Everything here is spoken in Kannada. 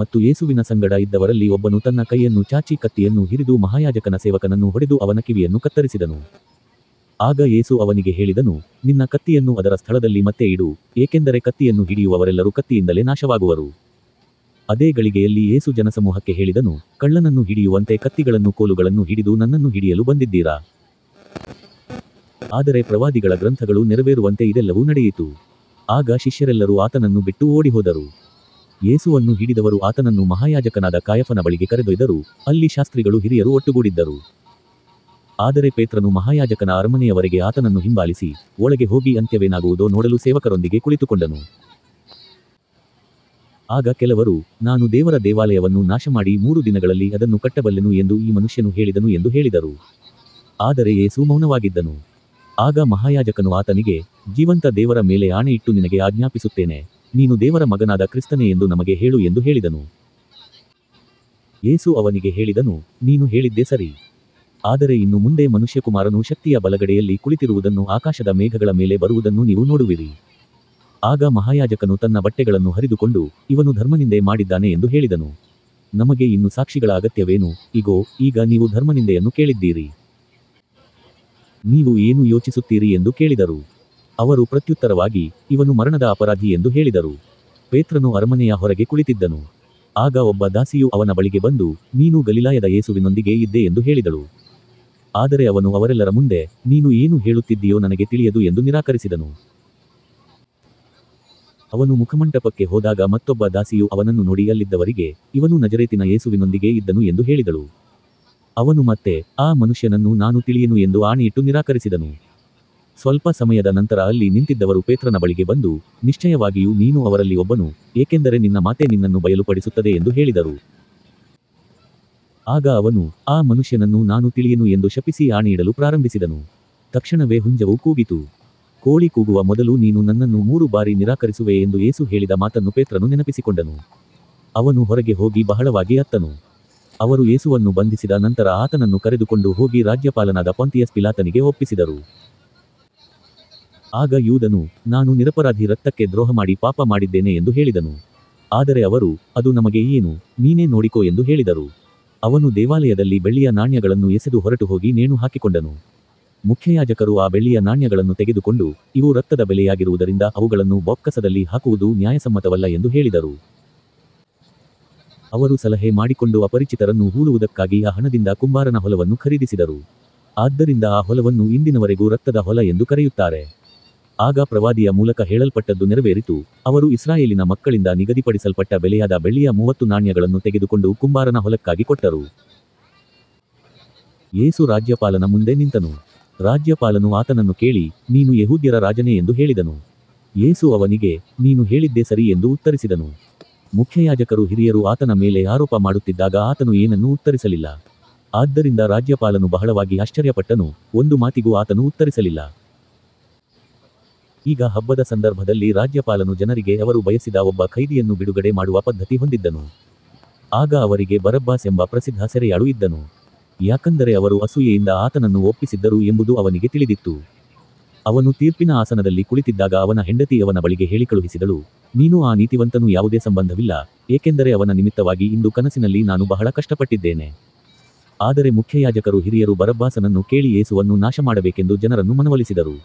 ಮತ್ತು ಯೇಸುವಿನ ಸಂಗಡ ಇದ್ದವರಲ್ಲಿ ಒಬ್ಬನು ತನ್ನ ಕೈಯನ್ನು ಚಾಚಿ ಕತ್ತಿಯನ್ನು ಹಿರಿದು ಮಹಾಯಾಜಕನ ಸೇವಕನನ್ನು ಹೊಡೆದು ಅವನ ಕಿವಿಯನ್ನು ಕತ್ತರಿಸಿದನು. ಆಗ ಯೇಸು ಅವನಿಗೆ ಹೇಳಿದನು, ನಿನ್ನ ಕತ್ತಿಯನ್ನು ಅದರ ಸ್ಥಳದಲ್ಲಿ ಮತ್ತೆ ಇಡು, ಏಕೆಂದರೆ ಕತ್ತಿಯನ್ನು ಹಿಡಿಯುವವರೆಲ್ಲರೂ ಕತ್ತಿಯಿಂದಲೇ ನಾಶವಾಗುವರು. ಅದೇ ಗಳಿಗೆಯಲ್ಲಿ ಯೇಸು ಜನಸಮೂಹಕ್ಕೆ ಹೇಳಿದನು, ಕಳ್ಳನನ್ನು ಹಿಡಿಯುವಂತೆ ಕತ್ತಿಗಳನ್ನೂ ಕೋಲುಗಳನ್ನೂ ಹಿಡಿದು ನನ್ನನ್ನು ಹಿಡಿಯಲು ಬಂದಿದ್ದೀರಾ. ಆದರೆ ಪ್ರವಾದಿಗಳ ಗ್ರಂಥಗಳು ನೆರವೇರುವಂತೆ ಇದೆಲ್ಲವೂ ನಡೆಯಿತು. ಆಗ ಶಿಷ್ಯರೆಲ್ಲರೂ ಆತನನ್ನು ಬಿಟ್ಟು ಓಡಿಹೋದರು. ಯೇಸುವನ್ನು ಹಿಡಿದವರು ಆತನನ್ನು ಮಹಾಯಾಜಕನಾದ ಕಾಯಫನ ಬಳಿಗೆ ಕರೆದೊಯ್ದರು, ಅಲ್ಲಿ ಶಾಸ್ತ್ರಿಗಳೂ ಹಿರಿಯರೂ ಒಟ್ಟುಗೂಡಿದ್ದರು. ಆದರೆ ಪೇತ್ರನು ಮಹಾಯಾಜಕನ ಅರಮನೆಯವರೆಗೆ ಆತನನ್ನು ಹಿಂಬಾಲಿಸಿ, ಒಳಗೆ ಹೋಗಿ ಅಂತ್ಯವೇನಾಗುವುದೋ ನೋಡಲು ಸೇವಕರೊಂದಿಗೆ ಕುಳಿತುಕೊಂಡನು. ಆಗ ಕೆಲವರು, ನಾನು ದೇವರ ದೇವಾಲಯವನ್ನು ನಾಶಮಾಡಿ ಮೂರು ದಿನಗಳಲ್ಲಿ ಅದನ್ನು ಕಟ್ಟಬಲ್ಲೆನು ಎಂದು ಈ ಮನುಷ್ಯನು ಹೇಳಿದನು ಎಂದು ಹೇಳಿದರು. ಆದರೆ ಯೇಸು ಮೌನವಾಗಿದ್ದನು. ಆಗ ಮಹಾಯಾಜಕನು ಆತನಿಗೆ, ಜೀವಂತ ದೇವರ ಮೇಲೆ ಆಣೆ ಇಟ್ಟು ನಿನಗೆ ಆಜ್ಞಾಪಿಸುತ್ತೇನೆ, ನೀನು ದೇವರ ಮಗನಾದ ಕ್ರಿಸ್ತನೇ ಎಂದು ನಮಗೆ ಹೇಳು ಎಂದು ಹೇಳಿದನು. ಯೇಸು ಅವನಿಗೆ ಹೇಳಿದನು, ನೀನು ಹೇಳಿದ್ದೇ ಸರಿ. ಆದರೆ ಇನ್ನು ಮುಂದೆ ಮನುಷ್ಯಕುಮಾರನು ಶಕ್ತಿಯ ಬಲಗಡೆಯಲ್ಲಿ ಕುಳಿತಿರುವುದನ್ನೂ ಆಕಾಶದ ಮೇಘಗಳ ಮೇಲೆ ಬರುವುದನ್ನೂ ನೀವು ನೋಡುವಿರಿ. ಆಗ ಮಹಾಯಾಜಕನು ತನ್ನ ಬಟ್ಟೆಗಳನ್ನು ಹರಿದುಕೊಂಡು, ಇವನು ಧರ್ಮನಿಂದೆ ಮಾಡಿದ್ದಾನೆ ಎಂದು ಹೇಳಿದನು. ನಮಗೆ ಇನ್ನು ಸಾಕ್ಷಿಗಳ ಅಗತ್ಯವೇನು, ಇಗೋ, ಈಗ ನೀವು ಧರ್ಮನಿಂದೆಯನ್ನು ಕೇಳಿದ್ದೀರಿ. ನೀವು ಏನು ಯೋಚಿಸುತ್ತೀರಿ ಎಂದು ಕೇಳಿದರು. ಅವರು ಪ್ರತ್ಯುತ್ತರವಾಗಿ, ಇವನು ಮರಣದ ಅಪರಾಧಿ ಎಂದು ಹೇಳಿದರು. ಪೇತ್ರನು ಅರಮನೆಯ ಹೊರಗೆ ಕುಳಿತಿದ್ದನು. ಆಗ ಒಬ್ಬ ದಾಸಿಯು ಅವನ ಬಳಿಗೆ ಬಂದು, ನೀನೂ ಗಲಿಲಾಯದ ಯೇಸುವಿನೊಂದಿಗೆ ಇದ್ದೆ ಎಂದು ಹೇಳಿದಳು. ಆದರೆ ಅವನು ಅವರೆಲ್ಲರ ಮುಂದೆ, ನೀನು ಏನು ಹೇಳುತ್ತಿದ್ದೀಯೋ ನನಗೆ ತಿಳಿಯದು ಎಂದು ನಿರಾಕರಿಸಿದನು. ಅವನು ಮುಖಮಂಟಪಕ್ಕೆ ಹೋದಾಗ ಮತ್ತೊಬ್ಬ ದಾಸಿಯು ಅವನನ್ನು ನೋಡಿ ಅಲ್ಲಿದ್ದವರಿಗೆ, ಇವನೂ ನಜರೇತಿನ ಯೇಸುವಿನೊಂದಿಗೆ ಇದ್ದನು ಎಂದು ಹೇಳಿದಳು. ಅವನು ಮತ್ತೆ, ಆ ಮನುಷ್ಯನನ್ನು ನಾನು ತಿಳಿಯೆನು ಎಂದು ಆಣೆಯಿಟ್ಟು ನಿರಾಕರಿಸಿದನು. ಸ್ವಲ್ಪ ಸಮಯದ ನಂತರ ಅಲ್ಲಿ ನಿಂತಿದ್ದವರು ಪೇತ್ರನ ಬಳಿಗೆ ಬಂದು, ನಿಶ್ಚಯವಾಗಿಯೂ ನೀನೂ ಅವರಲ್ಲಿ ಒಬ್ಬನು, ಏಕೆಂದರೆ ನಿನ್ನ ಮಾತೇ ನಿನ್ನನ್ನು ಬಯಲುಪಡಿಸುತ್ತದೆ ಎಂದು ಹೇಳಿದರು. ಆಗ ಅವನು, ಆ ಮನುಷ್ಯನನ್ನು ನಾನು ತಿಳಿಯೆನು ಎಂದು ಶಪಿಸಿ ಆಣೆಯಿಡಲು ಪ್ರಾರಂಭಿಸಿದನು. ತಕ್ಷಣವೇ ಹುಂಜವು ಕೂಗಿತು. ಕೋಳಿ ಕೂಗುವ ಮೊದಲು ನೀನು ನನ್ನನ್ನು ಮೂರು ಬಾರಿ ನಿರಾಕರಿಸುವೆ ಎಂದು ಯೇಸು ಹೇಳಿದ ಮಾತನ್ನು ಪೇತ್ರನು ನೆನಪಿಸಿಕೊಂಡನು. ಅವನು ಹೊರಗೆ ಹೋಗಿ ಬಹಳವಾಗಿ ಅತ್ತನು. ಅವರು ಯೇಸುವನ್ನು ಬಂಧಿಸಿದ ನಂತರ ಆತನನ್ನು ಕರೆದುಕೊಂಡು ಹೋಗಿ ರಾಜ್ಯಪಾಲನಾದ ಪೊಂತಿಯಸ್ ಪಿಲಾತನಿಗೆ ಒಪ್ಪಿಸಿದರು. ಆಗ ಯೂದನು, ನಾನು ನಿರಪರಾಧಿ ರಕ್ತಕ್ಕೆ ದ್ರೋಹಮಾಡಿ ಪಾಪ ಮಾಡಿದ್ದೇನೆ ಎಂದು ಹೇಳಿದನು. ಆದರೆ ಅವರು, ಅದು ನಮಗೆ ಏನು, ನೀನೇ ನೋಡಿಕೋ ಎಂದು ಹೇಳಿದರು. ಅವನು ದೇವಾಲಯದಲ್ಲಿ ಬೆಳ್ಳಿಯ ನಾಣ್ಯಗಳನ್ನು ಎಸೆದು ಹೊರಟುಹೋಗಿ ನೇಣು ಹಾಕಿಕೊಂಡನು. ಮುಖ್ಯಯಾಜಕರು ಆ ಬೆಳ್ಳಿಯ ನಾಣ್ಯಗಳನ್ನು ತೆಗೆದುಕೊಂಡು, ಇವು ರಕ್ತದ ಬೆಲೆಯಾಗಿರುವುದರಿಂದ ಅವುಗಳನ್ನು ಬೊಕ್ಕಸದಲ್ಲಿ ಹಾಕುವುದು ನ್ಯಾಯಸಮ್ಮತವಲ್ಲ ಎಂದು ಹೇಳಿದರು. ಅವರು ಸಲಹೆ ಮಾಡಿಕೊಂಡು ಅಪರಿಚಿತರನ್ನು ಹೂಳುವುದಕ್ಕಾಗಿ ಆ ಹಣದಿಂದ ಕುಂಬಾರನ ಹೊಲವನ್ನು ಖರೀದಿಸಿದರು. ಆದ್ದರಿಂದ ಆ ಹೊಲವನ್ನು ಇಂದಿನವರೆಗೂ ರಕ್ತದ ಹೊಲ ಎಂದು ಕರೆಯುತ್ತಾರೆ. ಆಗ ಪ್ರವಾದಿಯ ಮೂಲಕ ಹೇಳಲ್ಪಟ್ಟದ್ದು ನೆರವೇರಿತು, ಅವರು ಇಸ್ರಾಯೇಲಿನ ಮಕ್ಕಳಿಂದ ನಿಗದಿಪಡಿಸಲ್ಪಟ್ಟ ಬೆಲೆಯಾದ ಬೆಳ್ಳಿಯ ಮೂವತ್ತು ನಾಣ್ಯಗಳನ್ನು ತೆಗೆದುಕೊಂಡು ಕುಂಬಾರನ ಹೊಲಕ್ಕಾಗಿ ಕೊಟ್ಟರು. ಯೇಸು ರಾಜ್ಯಪಾಲನ ಮುಂದೆ ನಿಂತನು. ರಾಜ್ಯಪಾಲನು ಆತನನ್ನು ಕೇಳಿ, ನೀನು ಯೆಹೂದ್ಯರ ರಾಜನೇ ಎಂದು ಹೇಳಿದನು. ಯೇಸು ಅವನಿಗೆ, ನೀನು ಹೇಳಿದ್ದೇ ಸರಿ ಎಂದು ಉತ್ತರಿಸಿದನು. ಮುಖ್ಯಯಾಜಕರೂ ಹಿರಿಯರೂ ಆತನ ಮೇಲೆ ಆರೋಪ ಮಾಡುತ್ತಿದ್ದಾಗ ಆತನು ಏನನ್ನೂ ಉತ್ತರಿಸಲಿಲ್ಲ. ಆದ್ದರಿಂದ ರಾಜ್ಯಪಾಲನು ಬಹಳವಾಗಿ ಆಶ್ಚರ್ಯಪಟ್ಟನು, ಒಂದು ಮಾತಿಗೂ ಆತನು ಉತ್ತರಿಸಲಿಲ್ಲ. ಈಗ ಹಬ್ಬದ ಸಂದರ್ಭದಲ್ಲಿ ರಾಜ್ಯಪಾಲನು ಜನರಿಗೆ ಅವರು ಬಯಸಿದ ಒಬ್ಬ ಖೈದಿಯನ್ನು ಬಿಡುಗಡೆ ಮಾಡುವ ಪದ್ಧತಿ ಹೊಂದಿದ್ದನು. ಆಗ ಅವರಿಗೆ ಬರಬ್ಬಾಸ್ ಎಂಬ ಪ್ರಸಿದ್ಧ ಸೆರೆಯಾಳು ಇದ್ದನು. ಯಾಕಂದರೆ ಅವರು ಅಸೂಯೆಯಿಂದ ಆತನನ್ನು ಒಪ್ಪಿಸಿದ್ದರು ಎಂಬುದು ಅವನಿಗೆ ತಿಳಿದಿತ್ತು. ಅವನು ತೀರ್ಪಿನ ಆಸನದಲ್ಲಿ ಕುಳಿತಿದ್ದಾಗ ಅವನ ಹೆಂಡತಿ ಅವನ ಬಳಿಗೆ ಹೇಳಿಕಳುಹಿಸಿದಳು, ನೀನೂ ಆ ನೀತಿವಂತನೂ ಯಾವುದೇ ಸಂಬಂಧವಿಲ್ಲ, ಏಕೆಂದರೆ ಅವನ ನಿಮಿತ್ತವಾಗಿ ಇಂದು ಕನಸಿನಲ್ಲಿ ನಾನು ಬಹಳ ಕಷ್ಟಪಟ್ಟಿದ್ದೇನೆ. ಆದರೆ ಮುಖ್ಯಯಾಜಕರೂ ಹಿರಿಯರೂ ಬರಬ್ಬಾಸನನ್ನು ಕೇಳಿ ಯೇಸುವನ್ನು ನಾಶಮಾಡಬೇಕೆಂದು ಜನರನ್ನು ಮನವೊಲಿಸಿದರು.